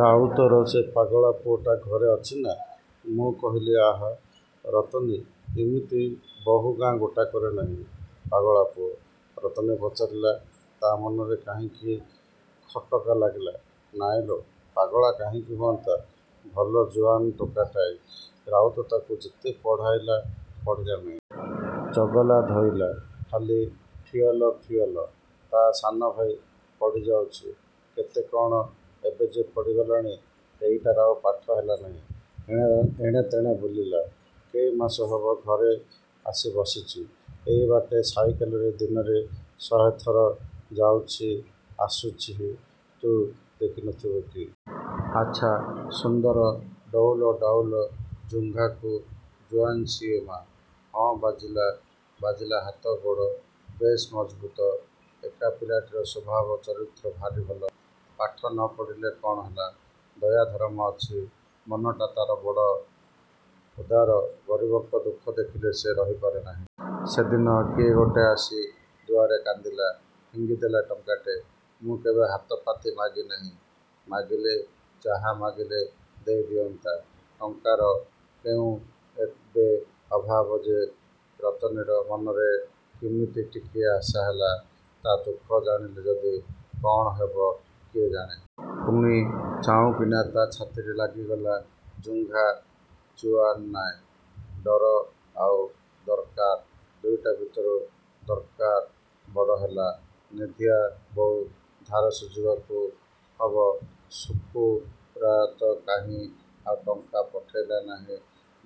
ରାଉତର ସେ ପାଗଳା ପୁଅଟା ଘରେ ଅଛିନା। ମୁଁ କହିଲି ଆଃ ରତନୀ ଇମିତି ବହୂ ଗାଁ ଗୋଟାକରେ ନାହିଁ। ''ପାଗଳା ପୁଅ? '' ରତନୀ ପଚାରିଲା। ତା' ମନରେ କାହିଁକି ଖଟକା ଲାଗିଲା। ''ନାଇଁଲୋ, ପାଗଳା କାହିଁକି ହୁଅନ୍ତା। ଭଲ ଜୁଆନ୍ ଟୋକାଟାଏ। ରାଉତ ତାକୁ ଯେତେ ପଢ଼େଇଲା ପଢ଼ିଲା ନାହିଁ। ଚଗଲା ଧଇଲା। ଖାଲି ଫିଅଲ ଫିଅଲ। ତା' ସାନ ଭାଇ ପଢ଼ିଯାଉଚି କେତେ କ'ଣ ଏବେ ସେ ପଢ଼ିଗଲାଣି। ଏଉଟାର ଆଉ ପାଠ ହେଲାନାହିଁ। ଏଣେତେଣେ ବୁଲିଲା। କେଇମାସ ହବ ଘରେ ଆସି ବସିଚି। ଏଇ ବାଟେ ସାଇକଲରେ ଦିନରେ ଶହେ ଥର ଯାଉଚି ଆସୁଚି, ତୁ ଦେଖି ନଥିବୁ କି। ଆଚ୍ଛା ସୁନ୍ଦର ଡଉଲ ଡାଉଲ ଜୁଙ୍ଘାକୁ ଜୁଆନ୍ଟିଏ ମ! ହଁ ବଳିଲା ବଳିଲା ହାତ ଗୋଡ଼, ବେଶ୍ ମଜବୁତ୍। ଏକା ପିଲାଟିର ସ୍ୱଭାବ ଚରିତ୍ର ଭାରି ଭଲ। ପାଠ ନପଢ଼ିଲେ କ'ଣ ହେଲା ଦୟା ଧରମ ଅଛି। ମନଟା ତା'ର ବଡ଼ ଉଦାର। ଗରିବଙ୍କ ଦୁଃଖ ଦେଖିଲେ ସେ ରହିପାରେ ନାହିଁ। ସେଦିନ କିଏ ଗୋଟେ ଆସି ଦୁଆରେ କାନ୍ଦିଲା। ଫିଙ୍ଗି ଦେଲା ଟଙ୍କାଟେ। ମୁଁ କେବେ ହାତପାତି ମାଗିନାହିଁ। ମାଗିଲେ ଯାହା ମାଗିଲେ ଦେଇ ଦିଅନ୍ତା। ଟଙ୍କାର କେଉଁ ଏବେ ଅଭାବ ଯେ। ରତନୀର ମନରେ କିମିତି ଟିକିଏ ଆଶା ହେଲା। ତା' ଦୁଃଖ ଜାଣିଲେ ଯଦି କ'ଣ ହବ କିଏ ଜାଣେ। ପୁଣି ଚାଉଁକିନା ତା' ଛାତିରେ ଲାଗିଗଲା ଜୁଙ୍ଘା ଜୁଆନାଏ। ଡର ଆଉ ଦରକାର, ଦୁଇଟା ଭିତରୁ ଦରକାର ବଡ଼ ହେଲା। ନିଧିଆ ବୋଉ ଧାର ଶୁଝିବାକୁ ହବ। ଶୁକୁରାତ କାହିଁ ଆଉ ଟଙ୍କା ପଠେଇଲା ନାହିଁ।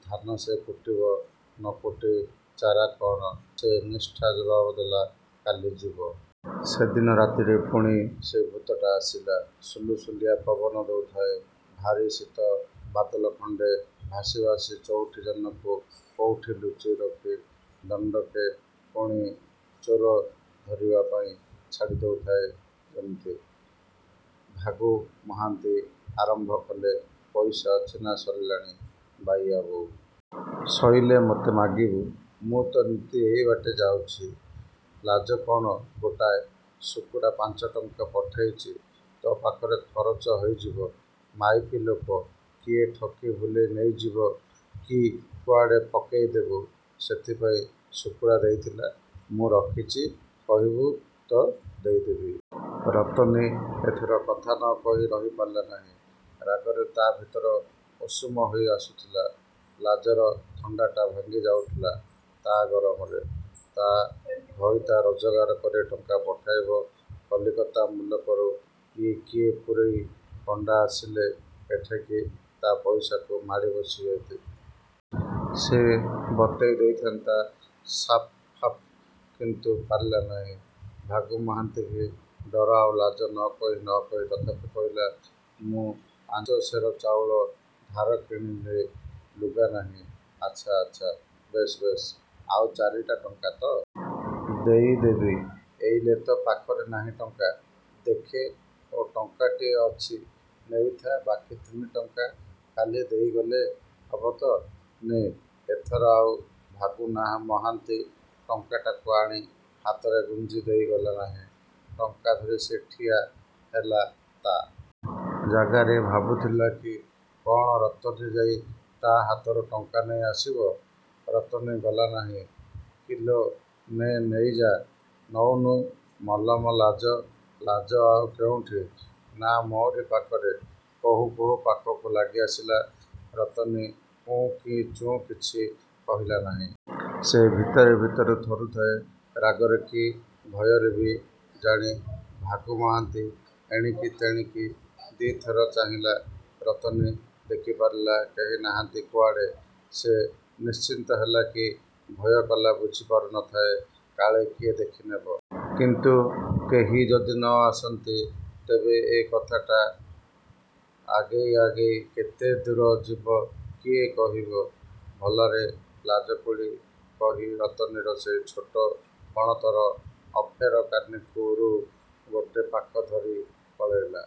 ଧାନ ସେ କୁଟିବ, ନକୁଟି ଚାରା କ'ଣ! ସେ ନିଷ୍ଠା ଜବାବ ଦେଲା କାଲି ଯିବ। ସେଦିନ ରାତିରେ ପୁଣି ସେ ଭୂତଟା ଆସିଲା। ସୁଲୁସୁଲିଆ ପବନ ଦଉଥାଏ। ଭାରି ଶୀତ। ବାଦଲ ଖଣ୍ଡେ ଭାସି ଭାସି ଚଉଠି ଜହ୍ନକୁ କୋଉଠିଁ ଲୁଚେଇ ରଖି ଦଣ୍ଡକେ ପୁଣି ଚୋର ଧରିବାପାଇଁ ଛାଡ଼ି ଦଉଥାଏ ଯେମିତି। ଭାଗୁ ମହାନ୍ତି ଆରମ୍ଭ କଲେ ''ପଇସା ଅଛି ନା ସରିଲାଣି, ବାଇୟା ବୋଉ? ସଇଲେ ମୋତେ ମାଗିବୁ। ମୁଁ ତ ନିତି ଏଇବାଟେ ଯାଉଚି। ଲାଜ କ'ଣ ଗୋଟାଏ? ଶୁକୁରା ପାଞ୍ଚ ଟଙ୍କା ପଠେଇଚି। ତୋ ପାଖରେ ଖରଚ ହୋଇଯିବ ମାଇପି ଲୋକ କିଏ ଠକି ଭୁଲେଇ ନେଇଯିବ କି କୁଆଡ଼େ ପକେଇ ଦେବୁ ସେଥିପାଇଁ ଶୁକୁରା ଲେଖିଥିଲା, ମୁଁ ରଖିଚି କହିବୁ ତ ଦେଇଦେବି। ରତନୀ ଏଥର କଥା ନକହି ରହିପାରିଲା ନାହିଁ। ରାଗରେ ତା' ଭିତର ଉଷୁମ ହେଇ ଆସୁଥିଲା। ଲାଜର ଥଣ୍ଡାଟା ଭାଙ୍ଗି ଯାଉଥିଲା ତା' ଗରମରେ। ତା' ଘଇତା ରୋଜଗାର କରି ଟଙ୍କା ପଠେଇବ କଲିକତା ମୁଲକରୁ ଇଏ କିଏ ପୂରେଇ ପଣ୍ଡା ଆସିଲେ ଏଠିକି, ତା' ପଇସାକୁ ମାଡ଼ି ବସିବେ ଏତେ! ସେ ବତେଇ ଦେଇଥାନ୍ତା ସାଫ୍ସାଫ୍। କିନ୍ତୁ ପାରିଲା ନାହିଁ ଭାଗୁ ମହାନ୍ତିକି ଡର ଆଉ ଲାଜ। ନକହି ନକହି ତଥାପି କହିଲା ମୁଁ ପାଞ୍ଚ ସେର ଚାଉଳ ଧାର କଲିଣି ଲୁଗାନାହିଁ ।'' ''ଆଚ୍ଛା ଆଚ୍ଛା, ବେଶ୍ ବେଶ୍, ଆଉ ଚାରିଟା ଟଙ୍କା ତ? ଦେଇ ଦେବି। ଏଇଲେ ତ ପାଖରେ ନାହିଁ ଟଙ୍କା। ଦେଖେ ଓ ଟଙ୍କାଟିଏ ଅଛି ନେଇଥା ବାକି ତିନି ଟଙ୍କା କାଲି ଦେଇଗଲେ ହବ ତ? ନେ'' ଏଥର ଆଉ ଭାଗୁ ମହାନ୍ତି ଟଙ୍କାଟାକୁ ଆଣି ହାତରେ ଗୁଞ୍ଜି ଦେଇଗଲା ନାହିଁ। ଟଙ୍କା ଧରି ସେ ଠିଆ ହେଲା ତା'। ଜାଗାରେ। ଭାବୁଥିଲା କି କ'ଣ ରତନୀ ଯାଇ ତା' ହାତରୁ ଟଙ୍କା ନେଇ ଆସିବ। ରତନୀ ଗଲା ନାହିଁ। ''କିଲୋ ନେ ନେଇଯା ନଉନୁ ମଲାମ ଲାଜ। ଲାଜ ଆଉ କୋଉଠି, ନା ମୋରି ପାଖରେ'' କହୁ କହୁ ପାଖକୁ ଲାଗି ଆସିଲା। ରତନୀ ଉଁ କି ଚୁଁ କିଛି କହିଲା ନାହିଁ। ସେ ଭିତରେ ଭିତରେ ଥରୁଥାଏ। ରାଗରେ କି ଭୟରେ କି ଜାଣି! ଭାଗୁ ମହାନ୍ତି ଏଣିକି ତେଣିକି ଦି'ଥର ଚାହିଁଲା। ରତନୀ ଦେଖିପାରିଲା। କେହି ନାହାନ୍ତି କୁଆଡ଼େ। ସେ ନିଶ୍ଚିନ୍ତ ହେଲା କି ଭୟ କଲା ବୁଝି ପାରୁ ନଥାଏ। କାଳେ କିଏ ଦେଖି ନେବ। କିନ୍ତୁ କେହି ଯଦି ନ ଆସନ୍ତି ତେବେ ଏ କଥାଟା ଆଗେଇ ଆଗେଇ କେତେ ଦୂର ଯିବ କିଏ କହିବ। ''ଭଲାରେ ଲାଜକୁଳୀ! '' କହି ରତନୀର ସେଇ ଛୋଟ ପଣତର ଅଫେର କାନିରୁ ଗୋଟେ ପାଖ ଧରି ପଳେଇଲା।